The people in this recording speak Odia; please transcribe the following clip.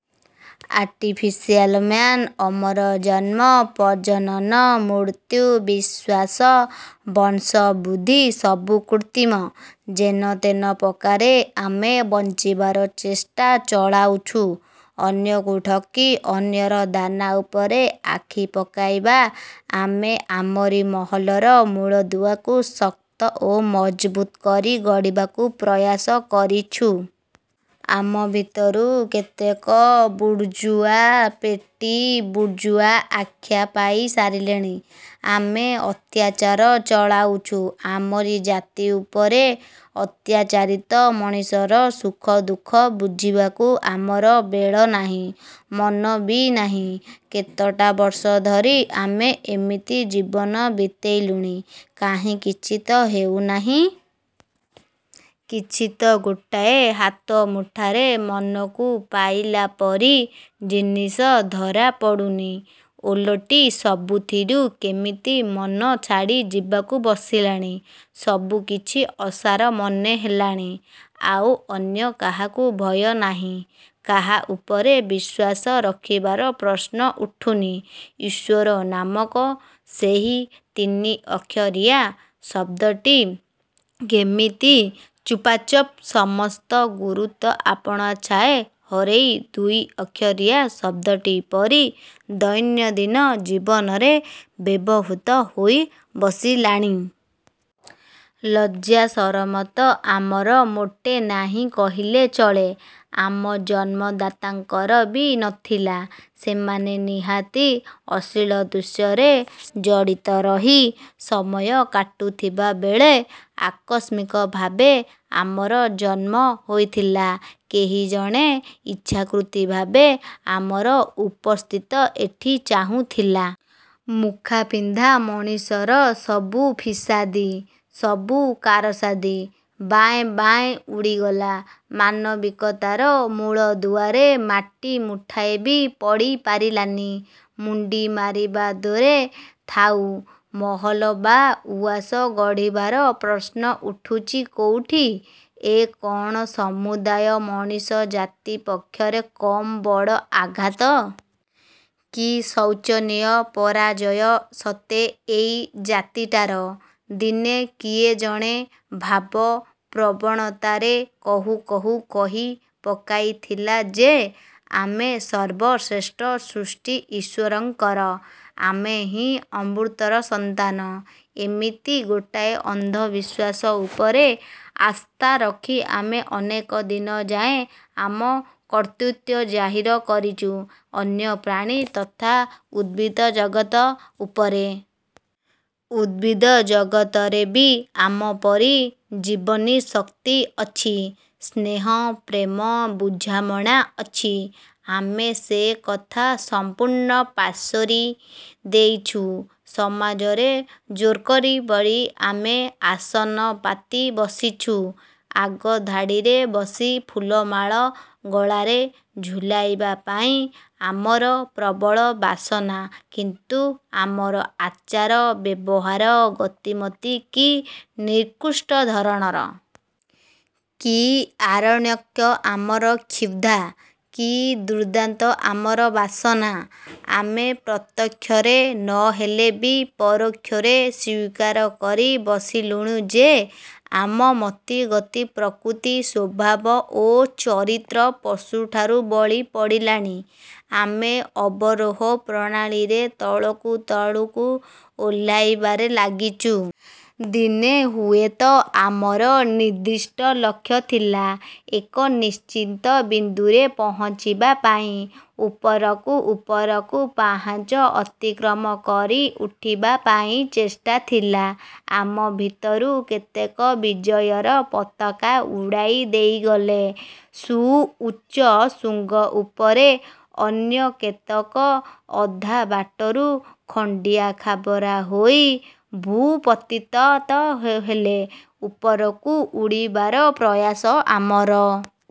Artificial man. ଅମର ଜନ୍ମ, ପ୍ରଜନନ, ମୃତ୍ୟୁ, ବିଶ୍ୱାସ, ବଂଶବୁଦ୍ଧି-ସବୁ କୃତ୍ରିମ। ଯେନତେନ ପ୍ରକାରେ ଆମେ ବଞ୍ଚିବାର ଚେଷ୍ଟା ଚଳାଇଛୁ। ଅନ୍ୟକୁ ଠକି, ଅନ୍ୟର ଦାନା ଉପରେ ଆଖି ପକାଇ, ଆମେ ଆମରି ମହଲର ମୂଳଦୁଆକୁ ଶକ୍ତ ଓ ମଜବୁତ୍ କରି ଗଢ଼ିବାକୁ ପ୍ରୟାସ କରିଛୁ। ଆମ ଭିତରୁ କେତେକ ବୁର୍ଜୁଆ, ପେଟି ବୁର୍ଜୁଆ ଆଖ୍ୟା ପାଇ ସାରିଲେଣି। ଆମେ ଅତ୍ୟାଚାର ଚଳାଇଛୁ ଆମରି ଜାତି ଉପରେ। ଅତ୍ୟାଚାରିତ ମଣିଷର ସୁଖଦୁଃଖ ବୁଝିବାକୁ ଆମର ବେଳ ନାହିଁ। ମନ ବି ନାହିଁ। କେତେଟା' ବର୍ଷ ଧରି ଆମେ ଏମିତି ଜୀବନ ବିତେଇଲୁଣି। କାହିଁ କିଛିତ ହେଉନାହିଁ। କିଛିତ ଗୋଟାଏ ହାତ ମୁଠାରେ ମନକୁ ପାଇଲା ପରି ଜିନିଷ ଧରା ପଡ଼ୁନି। ଓଲଟି ସବୁଥିରୁ କେମିତି ମନ ଛାଡ଼ି ଯିବାକୁ ବସିଲାଣି। ସବୁକିଛି ଅସାର ମନେ ହେଲାଣି। ଆଉ ଅନ୍ୟ କାହାକୁ ଭୟ ନାହିଁ। କାହା ଉପରେ ବିଶ୍ୱାସ ରଖିବାର ପ୍ରଶ୍ନ ଉଠୁନି। ଈଶ୍ୱର ନାମକ ସେହି ତିନିଅକ୍ଷରିଆ ଶବ୍ଦଟି କେମିତି ଚୁପ୍ଚାପ୍ ସମସ୍ତ ଗୁରୁତ୍ୱ ଆପଣାଛାଏଁ ହରେଇ ଦୁଇ ଅକ୍ଷରିଆ ଶବ୍ଦଟି ପରି ଦୈନନ୍ଦିନ ଜୀବନରେ ବ୍ୟବହୃତ ହୋଇ ବସିଲାଣି। ଲଜ୍ଜା ସରମତ ଆମର ମୋଟେ ନାହିଁ କହିଲେ ଚଳେ। ଆମ ଜନ୍ମଦାତାଙ୍କର ବି ନ ଥିଲା। ସେମାନେ ନିହାତି ଅଶ୍ଳୀଳ ଦୃଶ୍ୟରେ ଜଡ଼ିତ ରହି ସମୟ କାଟୁଥିବା ବେଳେ ଆକସ୍ମିକ ଭାବେ ଆମର ଜନ୍ମ ହୋଇଥିଲା। କେହି ଜଣେ ଇଚ୍ଛାକୃତି ଭାବେ ଆମର ଉପସ୍ଥିତ ଏଠି ଚାହୁଁଥିଲା-? ମୁଖାପିନ୍ଧା ମଣିଷର ସବୁ ଫିସାଦି, ସବୁ କାରସାଦି ବାଏଁ ବାଏଁ ଉଡ଼ିଗଲା। ମାନବିକତାର ମୂଳଦୁଆରେ ମାଟି ମୁଠାଏ ବି ପଡ଼ି ପାରିଲାନି। ମୁଣ୍ତି ମାରିବା ଦୂରେ ଥାଉ। ମହଲ ବା ଉଆସ ଗଢ଼ିବାର ପ୍ରଶ୍ନ ଉଠୁଛି କୋଉଠି? ଏ କ'ଣ ସମୁଦାୟ ମଣିଷ ଜାତି ପକ୍ଷରେ କମ୍ ବଡ଼ ଆଘାତ। କି ଶୋଚନୀୟ ପରାଜୟ ସତେ ଏଇ ଜାତିଟାର। ଦିନେ କିଏ ଜଣେ ଭାବପ୍ରବଣତାରେ କହୁ କହୁ କହି ପକାଇଥିଲା ଯେ, 'ଆମେ ସର୍ବଶ୍ରେଷ୍ଠ ସୃଷ୍ଟି ଈଶ୍ୱରଙ୍କର। ଆମେହିଁ ଅମୃତର ସନ୍ତାନ-। ' ଏମିତି ଗୋଟାଏ ଅନ୍ଧବିଶ୍ୱାସ ଉପରେ ଆସ୍ଥାରଖି ଆମେ ଅନେକ ଦିନ ଯାଏ ଆମ କର୍ତ୍ତୃତ୍ୱ ଜାହିର କରିଛୁ ଅନ୍ୟ ପ୍ରାଣୀ ତଥା ଉଦ୍ଭିଦ ଜଗତ ଉପରେ। ଉଦ୍ଭିଦ ଜଗତରେ ବି ଆମପରି ଜୀବନୀ ଶକ୍ତି ଅଛି। ସ୍ନେହ ପ୍ରେମ ବୁଝାମଣା ଅଛି। ଆମେ ସେ କଥା ସମ୍ପୂର୍ଣ୍ଣ ପାସୋରି ଦେଇଛୁ-। ସମାଜରେ ଜୋର୍କରି ଆମେ ଆସନ ପାତି ବସିଛୁ। ଆଗ ଧାଡ଼ିରେ ବସି ଫୁଲମାଳ ଗଳାରେ ଝୁଲାଇବା ପାଇଁ ଆମର ପ୍ରବଳ ବାସନା କିନ୍ତୁ ଆମର ଆଚାର, ବ୍ୟବହାର ଗତିମତି କି ନିକୃଷ୍ଟ ଧରଣର! କି ଆରଣ୍ୟକ ଆମର କ୍ଷୁଧା! କି ଦୁର୍ଦ୍ଦାନ୍ତ ଆମର ବାସନା! ଆମେ ପ୍ରତ୍ୟକ୍ଷରେ ନ ହେଲେ ବି ପରୋକ୍ଷରେ ସ୍ୱୀକାର କରି ବସିଲୁଣି ଯେ ଆମ ମତିଗତି ପ୍ରକୃତି, ସ୍ୱଭାବ ଓ ଚରିତ୍ର ପଶୁଠାରୁ ବଳି ପଡ଼ିଲାଣି। ଆମେ ଅବରୋହ ପ୍ରଣାଳୀରେ ତଳକୁ ତଳକୁ ଓହ୍ଲାଇବାରେ ଲାଗିଛୁ-। ଦିନେ ହୁଏତ ଆମର ନିର୍ଦ୍ଦିଷ୍ଟ ଲକ୍ଷ୍ୟ ଥିଲା। ଏକ ନିଶ୍ଚିତ ବିନ୍ଦୁରେ ପହଞ୍ଚିବା ପାଇଁ, ଉପରକୁ ଉପରକୁ ପାହାଚ ଅତିକ୍ରମ କରି ଉଠିବା ପାଇଁ ଚେଷ୍ଟା ଥିଲା। ଆମ ଭିତରୁ କେତେକ ବିଜୟର ପତାକା ଉଡ଼ାଇ ଦେଇଗଲେ ସୁଉଚ୍ଚ ଶୃଙ୍ଗ ଉପରେ। ଅନ୍ୟ କେତେକ ଅଧା ବାଟରୁ ଖଣ୍ତିଆ ଖାବରା ହୋଇ ଭୂପତିତ ହେଲେ। ଉପରକୁ ଉଡ଼ିବାର ପ୍ରୟାସ ଆମର